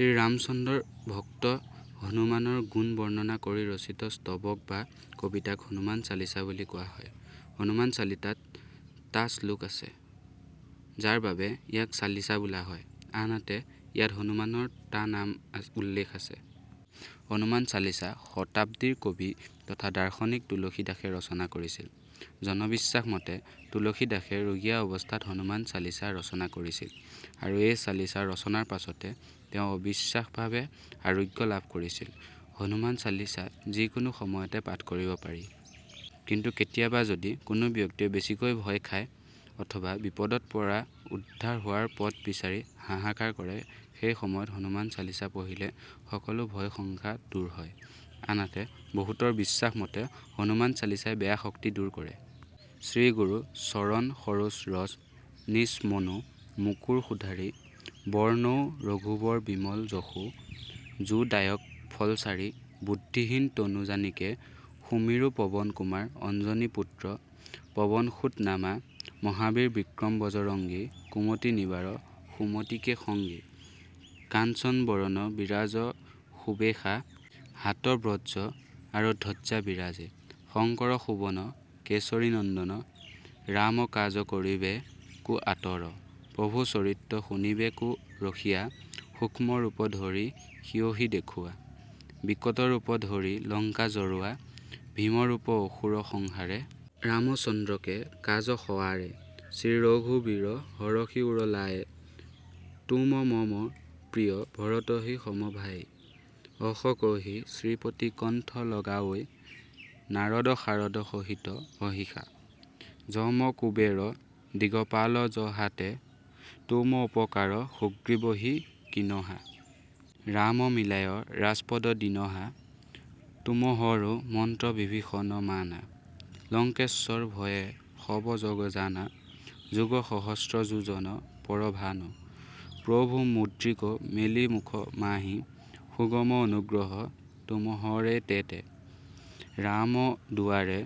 শ্ৰী ৰাম চন্দ্ৰৰ ভক্ত হনুমানৰ গুণ বৰ্ণনা কৰি ৰচিত স্তৱক বা কবিতাক হনুমান চালিছা বুলি কোৱা হয়। হনুমান চালিছাত টা শ্লোক আছে, যাৰ বাবে ইয়াক চালিছা বোলা হয়। আনহাতে, ইয়াত হনুমানৰ টা নাম উল্লেখ আছে। হনুমান চালিছা শতাব্দীৰ কবি তথা দাৰ্শনিক তুলসী দাসে ৰচনা কৰিছিল। জনবিশ্বাস মতে, তুলসী দাসে ৰুগীয়া অৱস্থাত হনুমান চালিছা ৰচনা কৰিছিল আৰু এই চালিছা ৰচনাৰ পাছতে তেওঁ অবিশ্বাস্যভাৱে আৰোগ্য লাভ কৰিছিল। হনুমান চালিছা যি কোনো সময়তে পাঠ কৰিব পাৰি। কিন্তু কেতিয়াবা যদি কোনো ব্যক্তিয়ে বেছিকৈ ভয় খায় অথবা বিপদত পৰা উদ্ধাৰ হোৱাৰ পথ বিচাৰি হাহাকাৰ কৰে, সেই সময়ত হনুমান চালিছা পঢ়িলে সকলো ভয়-শংকা দূৰ হয়। আনহাতে, বহুতৰ বিশ্বাস মতে, হনুমান চালিছাই বেয়া শক্তি দূৰ কৰে। শ্ৰীগুৰু চৰণ সৰোজ ৰজ, নিজ মনু মুকুৰ সুধাৰি। বৰনউঁ ৰঘুবৰ বিমল যশু, জো দায়ক ফল চাৰি॥ বুদ্ধিহীন তনু জানিকে, সুমিৰৌঁ পৱন-কুমাৰ। অঞ্জনি-পুত্ৰ পৱনসুত নামা॥ মহাবীৰ বিক্ৰম বজৰংগী। কুমতি নিবাৰ সুমতি কে সংগী॥ কাঞ্চন বৰন বিৰাজ সুবেশা। হাত বজ্ৰ আৰু ধ্বজা বিৰাজে। শংকৰ সুৱন কেশৰী নন্দন। ৰাম কাজ কৰিবে কো আতুৰ॥ প্ৰভু চৰিত্ৰ শুনিবে কো ৰসিয়া। সূক্ষ্ম ৰূপ ধৰি সিয়হিঁ দেখোৱা। বিকট ৰূপ ধৰি লঙ্কা জৰোৱা॥ ভীম ৰূপ ধৰি অসুৰ সংহাৰে। ৰামচন্দ্ৰ কে কাজ সৱাৰে॥ শ্ৰী ৰঘুবীৰ হৰষি উৰ লায়ে॥ তুম মম প্ৰিয় ভৰতহি সম ভাঈ॥ অস কহি শ্ৰিপতি কণ্ঠ লগাৱৈ॥ নাৰদ শাৰদ সহিত অহীশা॥ যম কুবেৰ দিগপাল জহাঁ তে। তুম উপকাৰ সুগ্ৰীৱহি কীনহা। ৰাম মিলায় ৰাজপদ দীনহা॥ তুমহৰো মন্ত্ৰ বিভীষণ মানা। লঙ্কেশ্বৰ ভয়ে সব জগ জানা॥ যুগ সহস্ৰ যোজন পৰ ভানু। প্ৰভু মুদ্ৰিকা মেলি মুখ মাহি। সুগম অনুগ্ৰহ তুমহৰে তেতে॥ ৰাম দুআৰে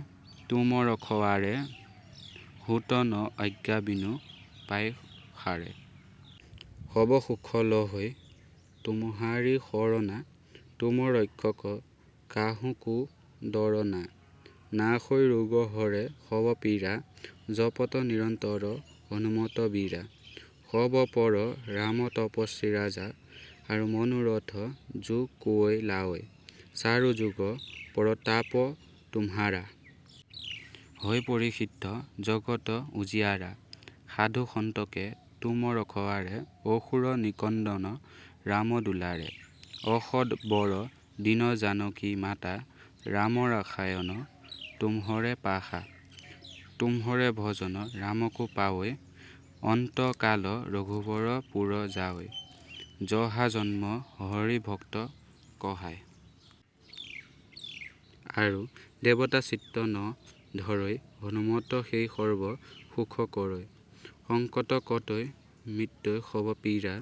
তুম ৰখৱাৰে। হোত ন আজ্ঞা বিনু পইসাৰে॥ সব সুখ লহৈ তুমহাৰী সৰনা। তুম ৰক্ষক কাহু কো ডৰ না॥ নাসৈ ৰোগ হৰে সব পীৰা। জপত নিৰন্তৰ হনুমত বীৰা॥ সব পৰ ৰাম তপস্বী ৰাজা। আৰু মনোৰথ জো কোই লাৱৈ। চাৰোঁ যুগ পৰতাপ তুমহাৰা। হৈ পৰসিদ্ধ জগত উজিয়াৰা॥ সাধু সন্ত কে তুম ৰখৱাৰে। অসুৰ নিকন্দন ৰাম দুলাৰে॥ অস বৰ দীন জানকী মাতা॥ ৰাম ৰসায়ন তুমহৰে পাসা। তুমহৰে ভজন ৰামকো পাৱৈ। অন্ত কাল ৰঘুবৰ পুৰ জাঈ। যহাঁ জন্ম হৰি ভক্ত কহাঈ॥ আৰু দেবতা চিত্ত ন ধৰঈ। হনুমত সেই সৰ্ব সুখ কৰঈ॥ সংকট কটৈ মিটৈ সব পীৰা।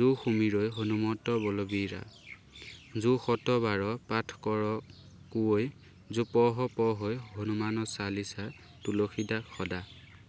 জো সুমিৰৈ হনুমত বলবীৰা॥ জো শত বাৰ পাঠ কৰ কোঈ। জো যহ পঢ়ৈ হনুমান চালিছা। তুলসীদাস সদা